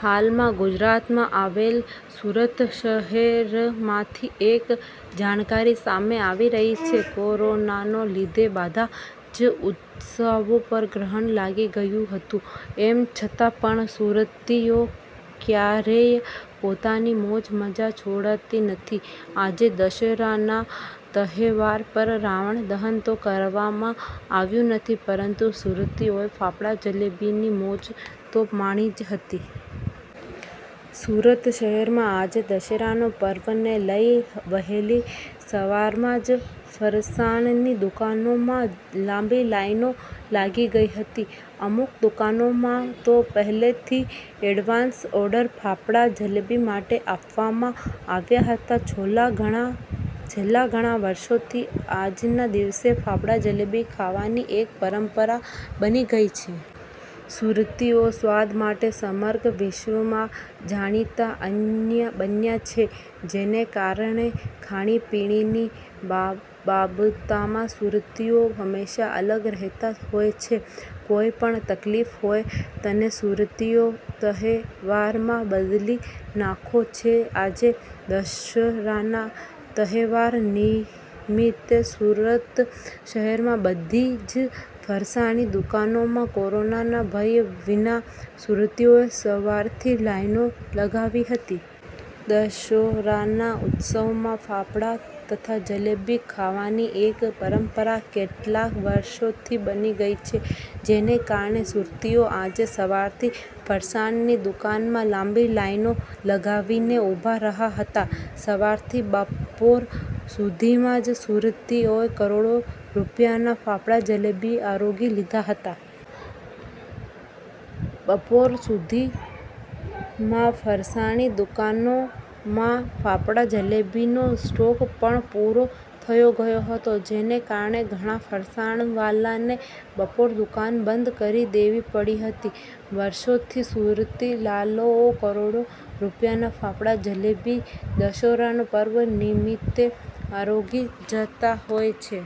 હાલમાં ગુજરાતમાં આવેલ સુરત શહેરમાંથી એક જાણકારી સામે આવી રહી છે. કોરોનાને લીધે બધાં જ ઉત્સવો પર ગ્રહણ લાગી ગયું હતું. એમ છતાં પણ સુરતીઓ કયારેય પોતાની મોજ-મજા છોડતા નથી. આજે દશેરાના તહેવાર પર રાવણ દહન તો કરવામાં આવ્યું નથી પરંતુ સુરતીઓએ ફાફડા-જલેબીની મોજ તો માણી જ હતી. સુરત શહેરમાં આજે દશેરાનાં પર્વને લઇ વહેલી સવારમાં જ ફરસાણની દુકાનોમાં લાંબી લાઈનો લાગી ગઇ હતી. અમુક દુકાનોમાં તો પહેલેથી એડવાન્સ ઓર્ડર ફાફડા-જલેબી માટે આપવામાં આવ્યા હતા. છેલ્લા ઘણાં વર્ષોથી આજના દિવસે ફાફડા-જલેબી ખાવાની એક પરંપરા બની ગઇ છે. સુરતીઓ સ્વાદ માટે સમગ્ર વિશ્વમાં જાણીતાં બન્યાં છે. જેને કારણે ખાણી-પીણીની બાબતમાં સુરતીઓ હમેશા આગળ રહેતાં હોય છે. કોઇપણ તકલીફ હોય તેને સુરતીઓ તહેવારમાં બદલી નાખે છે. આજે દશેરાના તહેવાર નિમિતે સુરત શહેરમાં બધી જ ફરસાણની દુકાનોમાં કોરોનાના ભય વિના સુરતીઓએ સવારથી લાઇનો લગાવી હતી. દશેરાના ઉત્સવમાં ફાફડા તથા જલેબી ખાવાની એક પરંપરા કેટલાંક વર્ષોથી બની ગઇ છે. જેને કારણે સુરતીઓ આજે સવારથી ફરસાણની દુકાનમાં લાંબી લાઇનો લગાવીને ઉભા રહ્યાં હતા. સવારથી બપોર સુધીમાં જ સુરતીઓએ કરોડો રૂપિયાના ફાફડા-જલેબી આરોગી લીધા હતા. બપોર સુધીમાં ફરસાણની દુકાનોમાં ફાફડા-જલેબીનો સ્ટોક પણ પુરો થઇ ગયો હતો. જેને કારણે ઘણાં ફરસાણવાળાને બપોરે દુકાન બંધ કરી દેવી પડી હતી. વર્ષોથી સુરતી લાલાઓ કરોડો રૂપિયાના ફાફડા-જલેબી દશેરાનાં પર્વ નિમિત્તે આરોગી જતાં હોય છે.